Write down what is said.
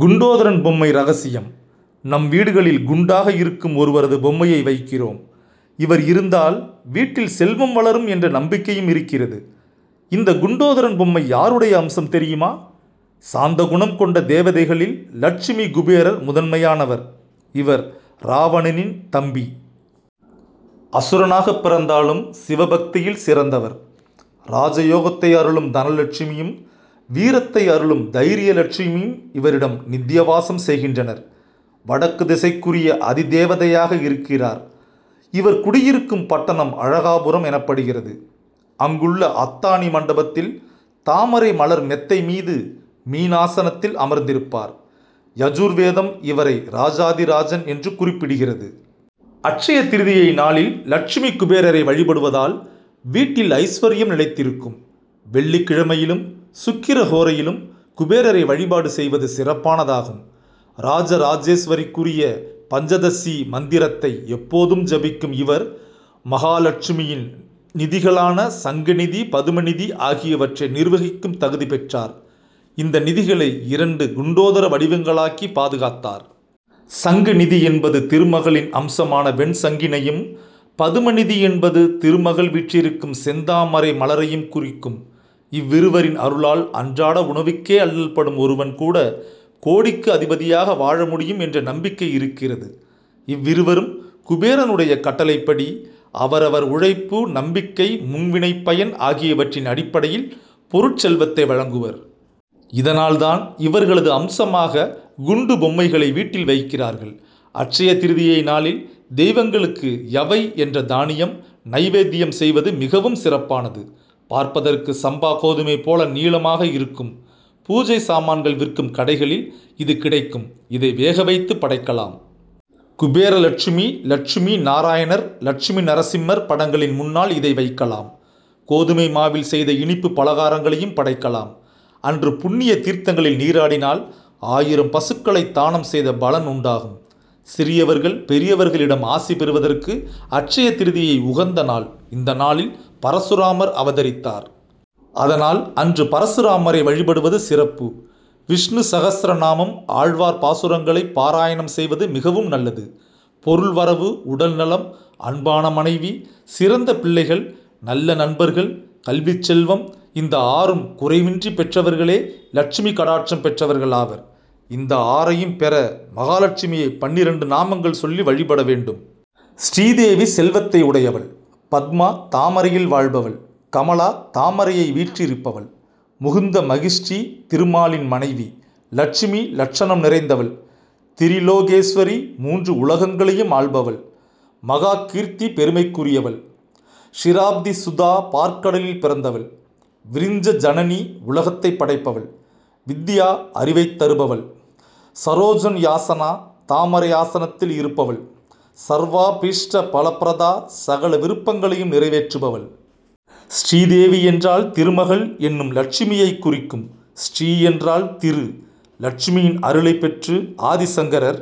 குண்டோதரன் பொம்மை ரகசியம் நம் வீடுகளில் குண்டாக இருக்கும் ஒருவரது பொம்மையை வைக்கிறோம். இவர் இருந்தால் வீட்டில் செல்வம் வளரும் என்ற நம்பிக்கையும் இருக்கிறது. இந்த குண்டோதரன் பொம்மை யாருடைய அம்சம் தெரியுமா? சாந்தகுணம் கொண்ட தேவதைகளில் லட்சுமி குபேரர் முதன்மையானவர். இவர் ராவணனின் தம்பி. அசுரனாகப் பிறந்தாலும் சிவபக்தியில் சிறந்தவர். ராஜயோகத்தை அருளும் தனலட்சுமியும் வீரத்தை அருளும் தைரியலட்சுமியும் இவரிடம் நித்யவாசம் செய்கின்றனர். வடக்கு திசைக்குரிய அதிதேவதையாக இருக்கிறார். இவர் குடியிருக்கும் பட்டணம் அழகாபுரம் எனப்படுகிறது. அங்குள்ள அத்தாணி மண்டபத்தில் தாமரைமலர் மெத்தை மீது மீன் ஆசனத்தில் அமர்ந்திருப்பார். யஜுர்வேதம் இவரை ராஜாதிராஜன் என்று குறிப்பிடுகிறது. அட்சயதிரிதியை நாளில் லட்சுமி குபேரரை வழிபடுவதால் வீட்டில் ஐஸ்வர்யம் நிலைத்திருக்கும். வெள்ளிக்கிழமையிலும் சுக்கிரஹோரையிலும் குபேரரை வழிபாடு செய்வது சிறப்பானதாகும். ராஜராஜேஸ்வரிக்குரிய பஞ்சதசீ மந்திரத்தை எப்போதும் ஜபிக்கும் இவர் மகாலட்சுமியின் நிதிகளான சங்கநிதி பதுமநிதி ஆகியவற்றை நிர்வகிக்கும் தகுதி பெற்றார். இந்த நிதிகளை இரண்டு குண்டோதர வடிவங்களாக்கி பாதுகாத்தார். சங்கநிதி என்பது திருமகளின் அம்சமான வெண்சங்கினையும் பதுமநிதி என்பது திருமகள் வீற்றிருக்கும் செந்தாமரை மலரையும் குறிக்கும். இவ்விருவரின் அருளால் அன்றாட உணவுக்கே அல்லல்படும் ஒருவன் கூட கோடிக்கு அதிபதியாக வாழ முடியும் என்ற நம்பிக்கை இருக்கிறது. இவ்விருவரும் குபேரனுடைய கட்டளைப்படி அவரவர் உழைப்பு நம்பிக்கை முன்வினைப்பயன் ஆகியவற்றின் அடிப்படையில் பொருட் செல்வத்தை வழங்குவர். இதனால் தான் இவர்களது அம்சமாக குண்டு பொம்மைகளை வீட்டில் வைக்கிறார்கள். அட்சயதிரிதியை நாளில் தெய்வங்களுக்கு யவை என்ற தானியம் நைவேத்யம் செய்வது மிகவும் சிறப்பானது. பார்ப்பதற்கு சம்பா கோதுமை போல நீளமாக இருக்கும். பூஜை சாமான்கள் விற்கும் கடைகளில் இது கிடைக்கும். இதை வேக வைத்து படைக்கலாம். குபேரலட்சுமி லட்சுமி நாராயணர் லட்சுமி நரசிம்மர் படங்களின் முன்னால் இதை வைக்கலாம். கோதுமை மாவில் செய்த இனிப்பு பலகாரங்களையும் படைக்கலாம். அன்று புண்ணிய தீர்த்தங்களில் நீராடினால் ஆயிரம் பசுக்களைத் தானம் செய்த பலன் உண்டாகும். சிறியவர்கள் பெரியவர்களிடம் ஆசி பெறுவதற்கு அட்சயதிரிதியை உகந்த நாள். இந்த நாளில் பரசுராமர் அவதரித்தார். அதனால் அன்று பரசுராமரை வழிபடுவது சிறப்பு. விஷ்ணு சகஸ்ரநாமம் ஆழ்வார் பாசுரங்களைப் பாராயணம் செய்வது மிகவும் நல்லது. பொருள்வரவு உடல்நலம் அன்பான மனைவி சிறந்த பிள்ளைகள் நல்ல நண்பர்கள் கல்விச்செல்வம் இந்த ஆறும் குறைவின்றி பெற்றவர்களே லட்சுமி கடாட்சம் பெற்றவர்கள் ஆவர். இந்த ஆறையும் பெற மகாலட்சுமியை பன்னிரண்டு நாமங்கள் சொல்லி வழிபட வேண்டும். ஸ்ரீதேவி செல்வத்தை உடையவள் பத்மா தாமரையில் வாழ்பவள் கமலா தாமரையை வீற்றிருப்பவள் முகுந்த மஹிஷீ திருமாலின் மனைவி லட்சுமி லட்சணம் நிறைந்தவள் திரிலோகேஸ்வரி மூன்று உலகங்களையும் ஆள்பவள் மகாகீர்த்தி பெருமைக்குரியவள் க்ஷிராப்திஸுதா பாற்கடலில் பிறந்தவள் விரிஞ்சஜனனி உலகத்தைப் படைப்பவள் வித்யா அறிவைத் தருபவள் ஸரோஜன்யாசனா தாமரை ஆசனத்தில் இருப்பவள் ஸர்வாபீஷ்டபலப்ரதா சகல விருப்பங்களையும் நிறைவேற்றுபவள். ஸ்ரீதேவி என்றால் திருமகள் என்னும் லட்சுமியைக் குறிக்கும். ஸ்ரீ என்றால் திரு. லட்சுமியின் அருளைப் பெற்று ஆதிசங்கரர்